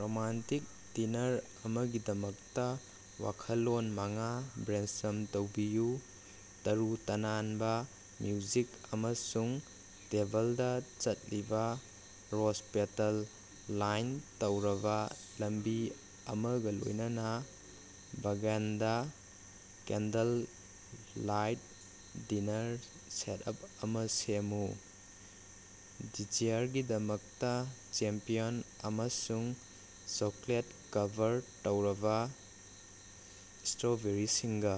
Romantic dinner ꯑꯃꯒꯤꯗꯃꯛꯇꯥ ꯋꯥꯈꯜꯂꯣꯟ ꯃꯉꯥ brainstorm ꯇꯧꯕꯤꯌꯨ꯫ ꯇꯔꯨ ꯇꯅꯥꯟꯕꯥ ꯃ꯭ꯌꯨꯖꯤꯛ ꯑꯃꯁꯨꯡ ꯇꯦꯕꯜꯗꯥ ꯆꯠꯂꯤꯕꯥ ꯔꯣꯖ-ꯄꯦꯇꯜ ꯂꯥꯏꯟ ꯇꯧꯔꯕꯥ ꯂꯝꯕꯤ ꯑꯃꯒꯥ ꯂꯣꯏꯅꯅꯥ ꯕꯥꯒꯥꯟꯗꯥ ꯀꯦꯟꯗꯜ ꯂꯥꯏꯠ ꯗꯤꯅꯥꯔ ꯁꯦꯠꯑꯞ ꯑꯃꯥ ꯁꯦꯝꯃꯨ꯫ ꯗꯦꯖꯤꯌꯔꯒꯤꯗꯃꯛꯇꯥ ꯆꯦꯝꯄꯤꯌꯟ ꯑꯃꯁꯨꯡ ꯆꯣꯀꯣꯂꯦꯠ ꯀꯚꯔ ꯇꯧꯔꯕꯥ ꯏꯁꯇ꯭ꯔꯣꯕꯦꯔꯤꯁꯤꯡꯒꯥ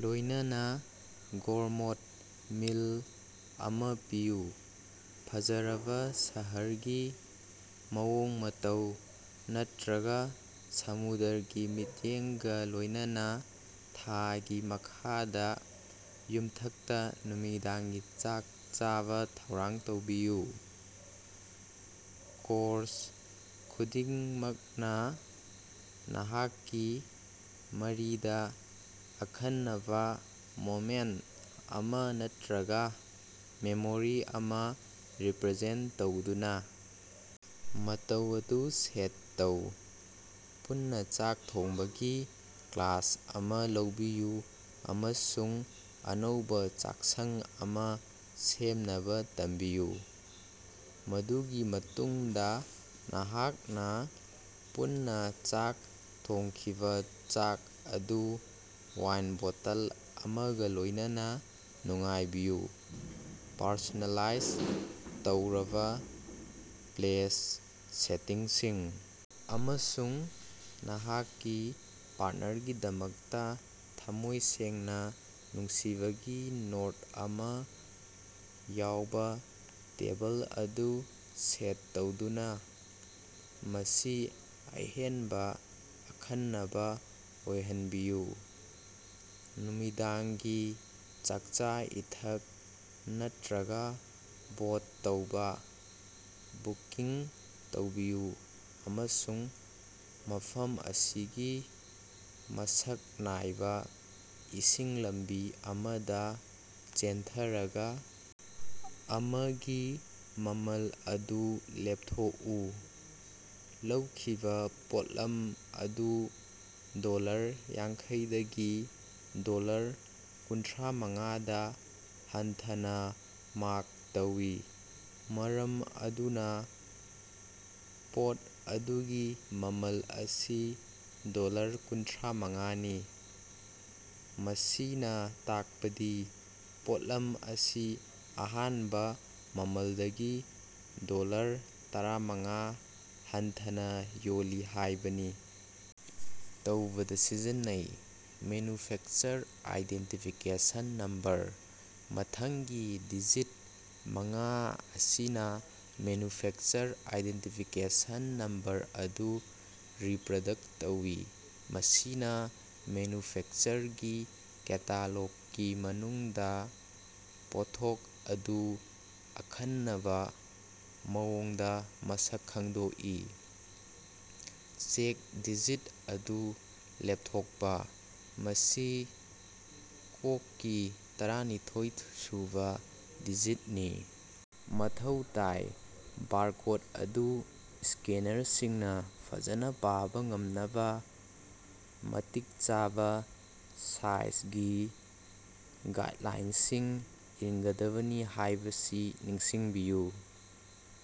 ꯂꯣꯏꯅꯅꯥ ꯒꯣꯔꯃꯦꯠ ꯃꯤꯜ ꯑꯃꯥ ꯄꯤꯌꯨ꯫ ꯐꯖꯔꯕꯥ ꯁꯍꯔꯒꯤ ꯃꯑꯣꯡ ꯃꯇꯧ ꯅꯠꯇ꯭ꯔꯒꯥ ꯁꯃꯨꯗ꯭ꯔꯒꯤ ꯃꯤꯠꯌꯦꯡꯒꯥ ꯂꯣꯏꯅꯅꯥ ꯊꯥꯒꯤ ꯃꯈꯥꯗꯥ ꯌꯨꯝꯊꯛꯇꯥ ꯅꯨꯃꯤꯗꯥꯡꯒꯤ ꯆꯥꯛ ꯆꯥꯕꯥ ꯊꯧꯔꯥꯡ ꯇꯧꯕꯤꯌꯨ꯫ ꯀꯣꯔꯁ ꯈꯨꯗꯤꯡꯃꯛꯅꯥ ꯅꯍꯥꯛꯀꯤ ꯃꯔꯤꯗꯥ ꯑꯈꯟꯅꯕꯥ ꯃꯣꯃꯦꯟꯇ ꯑꯃꯥ ꯅꯠꯇꯔꯒꯥ ꯃꯦꯃꯣꯔꯤ ꯑꯃꯥ ꯔꯤꯄ꯭ꯔꯖꯦꯟꯇ ꯇꯧꯗꯨꯅꯥ ꯃꯇꯧ ꯑꯗꯨ ꯁꯦꯠ ꯇꯧ꯫ ꯄꯨꯟꯅꯥ ꯆꯥꯛ ꯊꯣꯡꯕꯒꯤ ꯀ꯭ꯂꯥꯁ ꯑꯃꯥ ꯂꯧꯕꯤꯌꯨ ꯑꯃꯁꯨꯡ ꯑꯅꯧꯕꯥ ꯆꯥꯛꯁꯪ ꯑꯃꯥ ꯁꯦꯝꯅꯕꯥ ꯇꯝꯕꯤꯌꯨ, ꯃꯗꯨꯒꯤ ꯃꯇꯨꯡꯗꯥ ꯅꯍꯥꯛꯅꯥ ꯄꯨꯟꯅꯥ ꯆꯥꯛ ꯊꯣꯡꯈꯤꯕꯥ ꯆꯥꯛ ꯑꯗꯨ ꯋꯥꯏꯟ ꯕꯣꯇꯜ ꯑꯃꯒꯥ ꯂꯣꯏꯅꯅꯥ ꯅꯨꯡꯉꯥꯏꯕꯤꯌꯨ꯫ ꯄꯔꯁꯣꯅꯦꯂꯥꯏꯖ ꯇꯧꯔꯕꯥ ꯄ꯭ꯂꯦꯁ ꯁꯦꯇꯤꯡꯁꯤꯡ ꯑꯃꯁꯨꯡ ꯅꯍꯥꯛꯀꯤ ꯄꯥꯔꯠꯅꯔꯒꯤꯗꯃꯛꯇꯥ ꯊꯝꯃꯣꯏ ꯁꯦꯡꯅꯥ ꯅꯨꯡꯁꯤꯕꯒꯤ ꯅꯣꯠ ꯑꯃꯥ ꯌꯥꯎꯕꯥ ꯇꯦꯕꯜ ꯑꯗꯨ ꯁꯦꯠ ꯇꯧꯗꯨꯅꯥ ꯃꯁꯤ ꯑꯍꯦꯟꯕꯥ ꯑꯈꯟꯅꯕꯥ ꯑꯣꯏꯍꯟꯕꯤꯌꯨ꯫ ꯅꯨꯃꯤꯗꯥꯡꯒꯤ ꯆꯥꯛꯆꯥ-ꯏꯊꯛ ꯅꯠꯇ꯭ꯔꯒꯥ ꯕꯣꯠ ꯊꯧꯕꯥ ꯕꯨꯀꯤꯡ ꯇꯧꯕꯤꯌꯨ ꯑꯃꯁꯨꯡ ꯃꯐꯝ ꯑꯁꯤꯒꯤ ꯃꯁꯛ ꯅꯥꯏꯕꯥ ꯏꯁꯤꯡ ꯂꯝꯕꯤ ꯑꯃꯗꯥ ꯆꯦꯟꯊꯔꯒꯥ ꯑꯃꯒꯤ ꯃꯃꯜ ꯑꯗꯨ ꯂꯦꯞꯊꯣꯛꯎ꯫ ꯂꯧꯈꯤꯕꯥ ꯄꯣꯠꯂꯝ ꯑꯗꯨ ꯗꯣꯂꯔ ꯌꯥꯡꯈꯩꯗꯒꯤ ꯗꯣꯂꯔ ꯀꯨꯟꯊ꯭ꯔꯥꯃꯉꯥꯗꯥ ꯍꯟꯊꯅꯥ ꯃꯥꯔꯛ ꯇꯧꯏ, ꯃꯔꯝ ꯑꯗꯨꯅꯥ ꯄꯣꯠ ꯑꯗꯨꯒꯤ ꯃꯃꯜ ꯑꯁꯤ ꯗꯣꯂꯔ ꯀꯨꯟꯊ꯭ꯔꯥꯃꯉꯥꯅꯤ꯫ ꯃꯁꯤꯅꯥ ꯇꯥꯛꯄꯗꯤ ꯄꯣꯠꯂꯝ ꯑꯁꯤ ꯑꯍꯥꯟꯕꯥ ꯃꯃꯜꯗꯒꯤ ꯗꯣꯂꯔ ꯇꯔꯥꯃꯉꯥ ꯍꯟꯊꯅꯥ ꯌꯣꯜꯂꯤ ꯍꯥꯏꯕꯅꯤ꯫ ꯇꯧꯕꯗꯥ ꯁꯤꯖꯤꯟꯅꯩ꯫ ꯃꯦꯟꯅꯨꯐꯦꯛꯆꯔ ꯑꯥꯏꯗꯦꯟꯇꯤꯐꯤꯀꯦꯁꯟ ꯅꯝꯕꯔ: ꯃꯊꯪꯒꯤ ꯗꯤꯖꯤꯠ ꯃꯉꯥ ꯑꯁꯤꯅꯥ ꯃꯦꯟꯅꯨꯐꯦꯛꯆꯔ ꯑꯥꯏꯗꯦꯟꯇꯤꯐꯤꯀꯦꯁꯟ ꯅꯝꯕꯔ ꯑꯗꯨ ꯔꯤꯄ꯭ꯔꯗꯛ ꯇꯧꯏ꯫ ꯃꯁꯤꯅꯥ ꯃꯦꯟꯅꯨꯐꯦꯛꯆꯔꯒꯤ ꯀꯦꯇꯥꯂꯣꯛꯀꯤ ꯃꯅꯨꯡꯗꯥ ꯄꯣꯠꯊꯣꯛ ꯑꯗꯨ ꯑꯈꯟꯅꯕꯥ ꯃꯑꯣꯡꯗꯥ ꯃꯁꯛ ꯈꯪꯗꯣꯛꯏ꯫ ꯆꯦꯛ ꯗꯤꯖꯤꯠ ꯑꯗꯨ ꯂꯦꯞꯊꯣꯛꯄꯥ: ꯃꯁꯤ ꯀꯣꯛꯀꯤ ꯇꯔꯥꯅꯤꯊꯣꯏꯁꯨꯕꯥ ꯗꯤꯖꯤꯠꯅꯤ ꯃꯊꯧ ꯇꯥꯏ꯫ ꯕꯥꯔꯀꯣꯠ ꯑꯗꯨ ꯁ꯭ꯀꯦꯅꯔꯁꯤꯡꯅꯥ ꯐꯖꯅꯥ ꯄꯥꯕꯥ ꯉꯝꯅꯕꯥ ꯃꯇꯤꯛ ꯆꯥꯕꯥ ꯁꯥꯏꯖꯒꯤ ꯒꯥꯏꯠꯂꯥꯏꯟꯁꯤꯡ ꯏꯟꯒꯗꯕꯅꯤ ꯍꯥꯏꯕꯁꯤ ꯅꯤꯡꯁꯤꯡꯕꯤꯌꯨ꯫